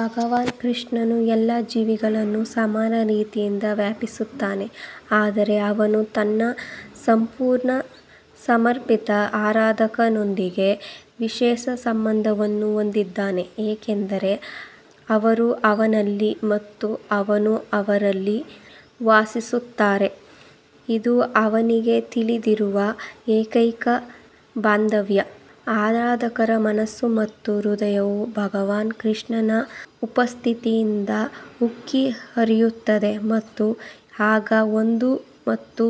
ಭಗವಾನ್ ಕೃಷ್ಣನು ಎಲ್ಲಾ ಜೀವಿಗಳನ್ನು ಸಮಾನ ರೀತಿಯಲ್ಲಿ ವ್ಯಾಪಿಸುತ್ತಾನೆ ಆದರೆ ಅವನು ತನ್ನ ಸಂಪೂರ್ಣ ಸಮರ್ಪಿತ ಆರಾಧಕರೊಂದಿಗೆ ವಿಶೇಷ ಸಂಬಂಧವನ್ನು ಹೊಂದಿದ್ದಾನೆ ಏಕೆಂದರೆ ಅವರು ಅವನಲ್ಲಿ ಮತ್ತು ಅವನು ಅವರಲ್ಲಿ ವಾಸಿಸುತ್ತಾರೆ ಇದು ಅವನಿಗೆ ತಿಳಿದಿರುವ ಏಕೈಕ ಬಂಧುತ್ವ. ಆರಾಧಕರ ಮನಸ್ಸು ಮತ್ತು ಹೃದಯವು ಭಗವಾನ್ ಕೃಷ್ಣನ ಉಪಸ್ಥಿತಿಯಿಂದ ಉಕ್ಕಿ ಹರಿಯುತ್ತದೆ ಮತ್ತು ಆಗ ಒಂದು ಮತ್ತು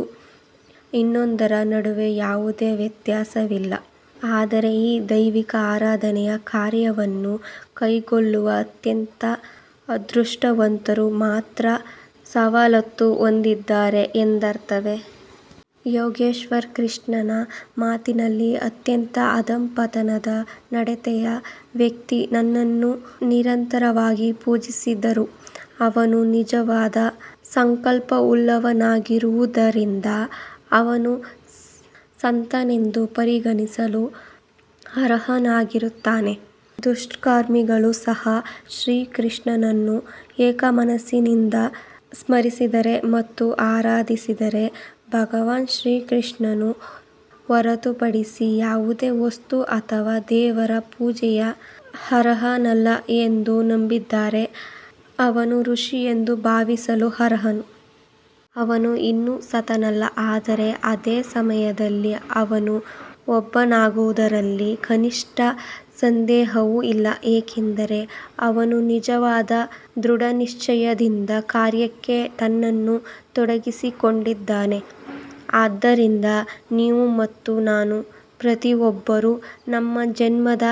ಇನ್ನೊಂದರ ನಡುವೆ ಯಾವುದೇ ವ್ಯತ್ಯಾಸವಿಲ್ಲ ಆದರೆ ಈ ದೈವಿಕ ಆರಾಧನೆಯ ಕಾರ್ಯವನ್ನು ಕೈಗೊಳ್ಳಲು ಅತ್ಯಂತ ಅದೃಷ್ಟವಂತರು ಮಾತ್ರ ಸವಲತ್ತು ಹೊಂದಿದ್ದಾರೆ ಎಂದರ್ಥವೇ? ಯೋಗೇಶ್ವರ್ ಕೃಷ್ಣನ ಮಾತಿನಲ್ಲಿ ಅತ್ಯಂತ ಅಧಃಪತನದ ನಡತೆಯ ವ್ಯಕ್ತಿ ನನ್ನನ್ನು ನಿರಂತರವಾಗಿ ಪೂಜಿಸಿದರೂ ಅವನು ನಿಜವಾದ ಸಂಕಲ್ಪವುಳ್ಳವನಾಗಿರುವುದರಿಂದ ಅವನು ಸಂತನೆಂದು ಪರಿಗಣಿಸಲು ಅರ್ಹನಾಗಿರುತ್ತಾನೆ. ದುಷ್ಕರ್ಮಿಗಳು ಸಹ ಶ್ರೀಕೃಷ್ಣನನ್ನು ಏಕಮನಸ್ಸಿನಿಂದ ಸ್ಮರಿಸಿದರೆ ಮತ್ತು ಆರಾಧಿಸಿದರೆ ಭಗವಾನ್ ಶ್ರೀಕೃಷ್ಣನನ್ನು ಹೊರತುಪಡಿಸಿ ಯಾವುದೇ ವಸ್ತು ಅಥವಾ ದೇವರು ಪೂಜೆಗೆ ಅರ್ಹನಲ್ಲ ಎಂದು ನಂಬಿದರೆ ಅವನು ಋಷಿ ಎಂದು ಭಾವಿಸಲು ಅರ್ಹನು. ಅವನು ಇನ್ನೂ ಸಂತನಲ್ಲ ಆದರೆ ಅದೇ ಸಮಯದಲ್ಲಿ ಅವನು ಒಬ್ಬನಾಗುವುದರಲ್ಲಿ ಕನಿಷ್ಠ ಸಂದೇಹವೂ ಇಲ್ಲ ಏಕೆಂದರೆ ಅವನು ನಿಜವಾದ ದೃಢನಿಶ್ಚಯದಿಂದ ಕಾರ್ಯಕ್ಕೆ ತನ್ನನ್ನು ತೊಡಗಿಸಿಕೊಂಡಿದ್ದಾನೆ. ಆದ್ದರಿಂದ ನೀವು ಮತ್ತು ನಾನು ಪ್ರತಿಯೊಬ್ಬರೂ ನಮ್ಮ ಜನ್ಮದ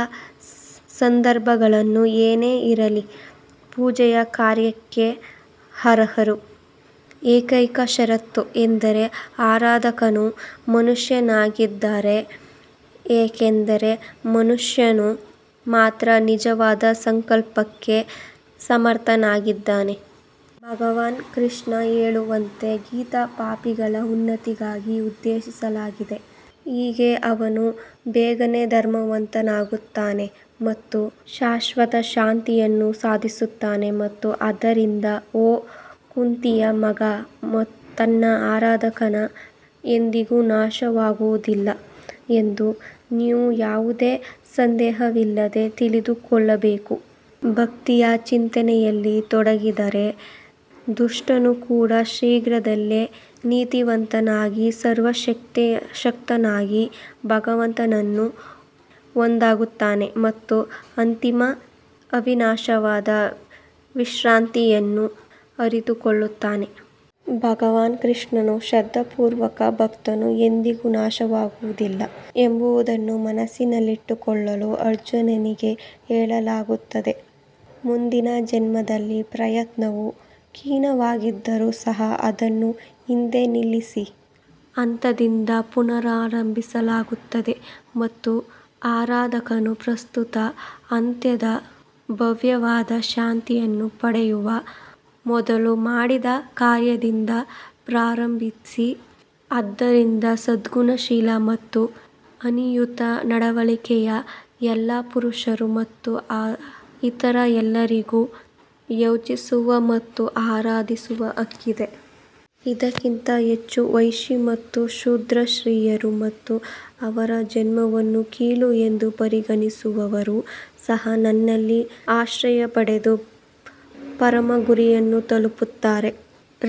ಸಂದರ್ಭಗಳು ಏನೇ ಇರಲಿ ಪೂಜೆಯ ಕಾರ್ಯಕ್ಕೆ ಅರ್ಹರು. ಏಕೈಕ ಷರತ್ತು ಎಂದರೆ ಆರಾಧಕನು ಮನುಷ್ಯನಾಗಿದ್ದಾನೆ ಏಕೆಂದರೆ ಮನುಷ್ಯನು ಮಾತ್ರ ನಿಜವಾದ ಸಂಕಲ್ಪಕ್ಕೆ ಸಮರ್ಥನಾಗಿದ್ದಾನೆ. ಭಗವಾನ್ ಕೃಷ್ಣ ಹೇಳುವಂತೆ ಗೀತಾ ಪಾಪಿಗಳ ಉನ್ನತಿಗಾಗಿ ಉದ್ದೇಶಿಸಲಾಗಿದೆ. ಹೀಗೆ ಅವನು ಬೇಗನೇ ಧರ್ಮವಂತನಾಗುತ್ತಾನೆ ಮತ್ತು ಶಾಶ್ವತ ಶಾಂತಿಯನ್ನು ಸಾಧಿಸುತ್ತಾನೆ ಮತ್ತು ಆದ್ದರಿಂದ ಓ ಕುಂತಿಯ ಮಗ ನನ್ನ ಆರಾಧಕನು ಎಂದಿಗೂ ನಾಶವಾಗುವುದಿಲ್ಲ ಎಂದು ನೀವು ಯಾವುದೇ ಸಂದೇಹವಿಲ್ಲದೆ ತಿಳಿದುಕೊಳ್ಳಬೇಕು. ಭಕ್ತಿಯ ಚಿಂತನೆಯಲ್ಲಿ ತೊಡಗಿದರೆ ದುಷ್ಟನು ಕೂಡ ಶೀಘ್ರದಲ್ಲೇ ನೀತಿವಂತನಾಗಿ ಸರ್ವಶಕ್ತನಾದ ಭಗವಂತನಲ್ಲಿ ಒಂದಾಗುತ್ತಾನೆ ಮತ್ತು ಅಂತಿಮ ಅವಿನಾಶವಾದ ವಿಶ್ರಾಂತಿಯನ್ನು ಅರಿತುಕೊಳ್ಳುತ್ತಾನೆ. ಭಗವಾನ್ ಕೃಷ್ಣನ ಶ್ರದ್ಧಾಪೂರ್ವಕ ಭಕ್ತನು ಎಂದಿಗೂ ನಾಶವಾಗುವುದಿಲ್ಲ ಎಂಬುದನ್ನು ಮನಸ್ಸಿನಲ್ಲಿಟ್ಟುಕೊಳ್ಳಲು ಅರ್ಜುನನಿಗೆ ಹೇಳಲಾಗುತ್ತದೆ. ಮುಂದಿನ ಜನ್ಮದಲ್ಲಿ ಪ್ರಯತ್ನವು ಕ್ಷೀಣವಾಗಿದ್ದರೂ ಸಹ ಅದನ್ನು ಹಿಂದೆ ನಿಲ್ಲಿಸಿದ ಹಂತದಿಂದ ಪುನರಾರಂಭಿಸಲಾಗುತ್ತದೆ ಮತ್ತು ಆರಾಧಕನು ಪ್ರಸ್ತುತ ಅತ್ಯಂತ ಭವ್ಯವಾದ ಶಾಂತಿಯನ್ನು ಪಡೆಯುವ ಮೊದಲು ಮಾಡಿದ ಕಾರ್ಯದಿಂದ ಪ್ರಾರಂಭಿಸಿ. ಆದ್ದರಿಂದ ಸದ್ಗುಣಶೀಲ ಮತ್ತು ಅನೀತಿಯುತ ನಡವಳಿಕೆಯ ಎಲ್ಲಾ ಪುರುಷರು ಮತ್ತು ಇತರ ಎಲ್ಲರಿಗೂ ಯೋಚಿಸುವ ಮತ್ತು ಆರಾಧಿಸುವ ಹಕ್ಕಿದೆ. ಇದಕ್ಕಿಂತ ಹೆಚ್ಚು ವೈಶಿ ಮತ್ತು ಶೂದ್ರ ಸ್ತ್ರೀಯರು ಮತ್ತು ಅವರ ಜನ್ಮವನ್ನು ಕೀಳು ಎಂದು ಪರಿಗಣಿಸುವವರೂ ಸಹ ನನ್ನಲ್ಲಿ ಆಶ್ರಯ ಪಡೆದು ಪರಮ ಗುರಿಯನ್ನು ತಲುಪುತ್ತಾರೆ.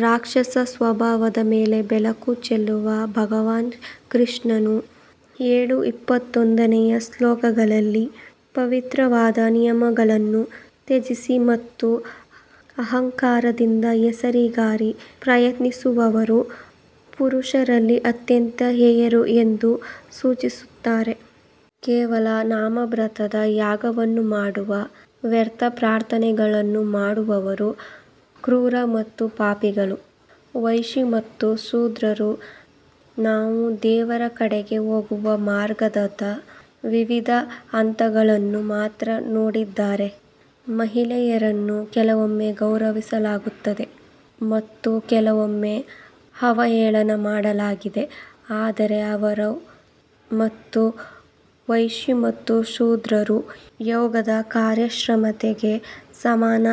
ರಾಕ್ಷಸ ಸ್ವಭಾವದ ಮೇಲೆ ಬೆಳಕು ಚೆಲ್ಲುವ ಭಗವಾನ್ ಕೃಷ್ಣನು ಏಳು ಇಪ್ಪತ್ತೊಂದನೇ ಶ್ಲೋಕಗಳಲ್ಲಿ ಪವಿತ್ರವಾದ ನಿಯಮಗಳನ್ನು ತ್ಯಜಿಸಿ ಮತ್ತು ಅಹಂಕಾರದಿಂದ ಹೆಸರಿಗಾಗಿ ಪ್ರಾರ್ಥಿಸುವವರು ಪುರುಷರಲ್ಲಿ ಅತ್ಯಂತ ಹೇಯರು ಎಂದು ಸೂಚಿಸುತ್ತಾರೆ. ಕೇವಲ ನಾಮಮಾತ್ರದ ಯಾಗವನ್ನು ಮಾಡುವ ವ್ಯರ್ಥ ಪ್ರಾರ್ಥನೆಗಳನ್ನು ಮಾಡುವವರು ಕ್ರೂರ ಮತ್ತು ಪಾಪಿಗಳು. ವೈಶಿ ಮತ್ತು ಶೂದ್ರರು ನಾವು ದೇವರ ಕಡೆಗೆ ಹೋಗುವ ಮಾರ್ಗದ ವಿವಿಧ ಹಂತಗಳನ್ನು ಮಾತ್ರ ನೋಡಿದ್ದೇವೆ. ಮಹಿಳೆಯರನ್ನು ಕೆಲವೊಮ್ಮೆ ಗೌರವಿಸಲಾಗುತ್ತದೆ ಮತ್ತು ಕೆಲವೊಮ್ಮೆ ಅವಹೇಳನ ಮಾಡಲಾಗಿದೆ ಆದರೆ ಅವರು ಮತ್ತು ವೈಶಿ ಮತ್ತು ಶೂದ್ರರು ಯೋಗದ ಕಾರ್ಯಕ್ಷಮತೆಗೆ ಸಮಾನ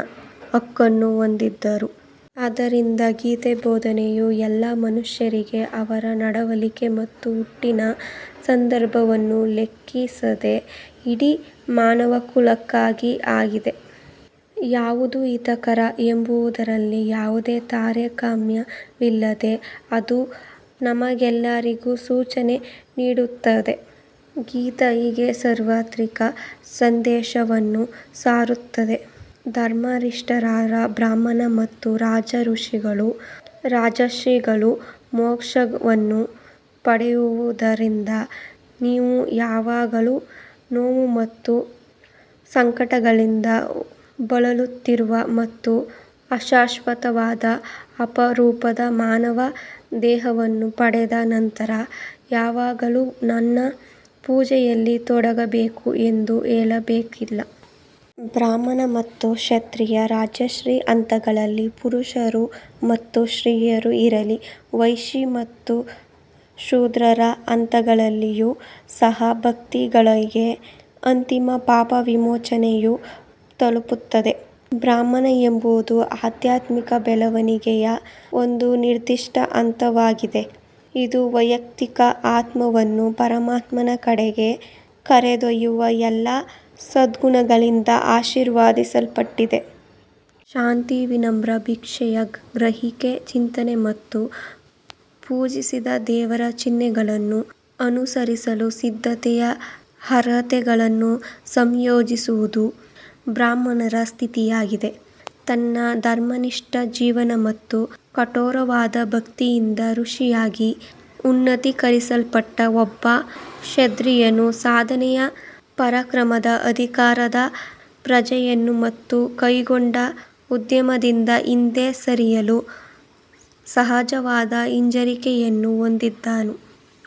ಹಕ್ಕನ್ನು ಹೊಂದಿದ್ದಾರೆ. ಆದ್ದರಿಂದ ಗೀತಾ ಬೋಧನೆಯು ಎಲ್ಲಾ ಮನುಷ್ಯರಿಗೆ ಅವರ ನಡವಳಿಕೆ ಮತ್ತು ಹುಟ್ಟಿನ ಸಂದರ್ಭವನ್ನು ಲೆಕ್ಕಿಸದೆ ಇಡೀ ಮಾನವಕುಲಕ್ಕಾಗಿ ಆಗಿದೆ. ಯಾವುದು ಹಿತಕರ ಎಂಬುದರಲ್ಲಿ ಯಾವುದೇ ತಾರತಮ್ಯವಿಲ್ಲದೆ ಅದು ನಮಗೆಲ್ಲರಿಗೂ ಸೂಚನೆ ನೀಡುತ್ತದೆ. ಗೀತಾ ಹೀಗೆ ಸಾರ್ವತ್ರಿಕ ಸಂದೇಶವನ್ನು ಸಾರುತ್ತದೆ. ಧರ್ಮನಿಷ್ಠರಾದ ಬ್ರಾಹ್ಮಣ ಮತ್ತು ರಾಜ ಋಷಿಗಳು ರಾಜರ್ಷಿಗಳು ಮೋಕ್ಷವನ್ನು ಪಡೆಯುವುದರಿಂದ ನೀವು ಯಾವಾಗಲೂ ನೋವು ಮತ್ತು ಸಂಕಟಗಳಿಂದ ಬಳಲುತ್ತಿರುವ ಮತ್ತು ಅಶಾಶ್ವತವಾದ ಅಪರೂಪದ ಮಾನವ ದೇಹವನ್ನು ಪಡೆದ ನಂತರ ಯಾವಾಗಲೂ ನನ್ನ ಪೂಜೆಯಲ್ಲಿ ತೊಡಗಬೇಕು ಎಂದು ಹೇಳಬೇಕಿಲ್ಲ. ಬ್ರಾಹ್ಮಣ ಮತ್ತು ಕ್ಷತ್ರಿಯ ರಾಜರ್ಷಿ ಹಂತಗಳಲ್ಲಿ ಪುರುಷರು ಮತ್ತು ಸ್ತ್ರೀಯರು ಇರಲಿ ವೈಶಿ ಮತ್ತು ಶೂದ್ರರ ಹಂತಗಳಲ್ಲಿಯೂ ಸಹ ಭಕ್ತಾದಿಗಳಿಗೆ ಅಂತಿಮ ಪಾಪವಿಮೋಚನೆಯು ತಲುಪುತ್ತದೆ. ಬ್ರಾಹ್ಮಣ ಎಂಬುದು ಆಧ್ಯಾತ್ಮಿಕ ಬೆಳವಣಿಗೆಯ ಒಂದು ನಿರ್ದಿಷ್ಟ ಹಂತವಾಗಿದೆ ಇದು ವೈಯಕ್ತಿಕ ಆತ್ಮವನ್ನು ಪರಮಾತ್ಮನ ಕಡೆಗೆ ಕರೆದೊಯ್ಯುವ ಎಲ್ಲಾ ಸದ್ಗುಣಗಳಿಂದ ಆಶೀರ್ವದಿಸಲ್ಪಟ್ಟಿದೆ. ಶಾಂತಿ ವಿನಮ್ರ ಭಿಕ್ಷೆಯ ಗ್ರಹಿಕೆ ಚಿಂತನೆ ಮತ್ತು ಪೂಜಿಸಿದ ದೇವರ ಚಿಹ್ನೆಗಳನ್ನು ಅನುಸರಿಸಲು ಸಿದ್ಧತೆಯ ಅರ್ಹತೆಗಳನ್ನು ಸಂಯೋಜಿಸುವುದು ಬ್ರಾಹ್ಮಣರ ಸ್ಥಿತಿಯಾಗಿದೆ. ತನ್ನ ಧರ್ಮನಿಷ್ಠ ಜೀವನ ಮತ್ತು ಕಠೋರವಾದ ಭಕ್ತಿಯಿಂದ ಋಷಿಯಾಗಿ ಉನ್ನತೀಕರಿಸಲ್ಪಟ್ಟ ಒಬ್ಬ ಕ್ಷತ್ರಿಯನು ಸಾಧನೆಯ ಪರಾಕ್ರಮದ ಅಧಿಕಾರದ ಪ್ರಜ್ಞೆಯನ್ನು ಮತ್ತು ಕೈಗೊಂಡ ಉದ್ಯಮದಿಂದ ಹಿಂದೆ ಸರಿಯಲು ಸಹಜವಾದ ಹಿಂಜರಿಕೆಯನ್ನು ಹೊಂದಿದ್ದಾನೆ.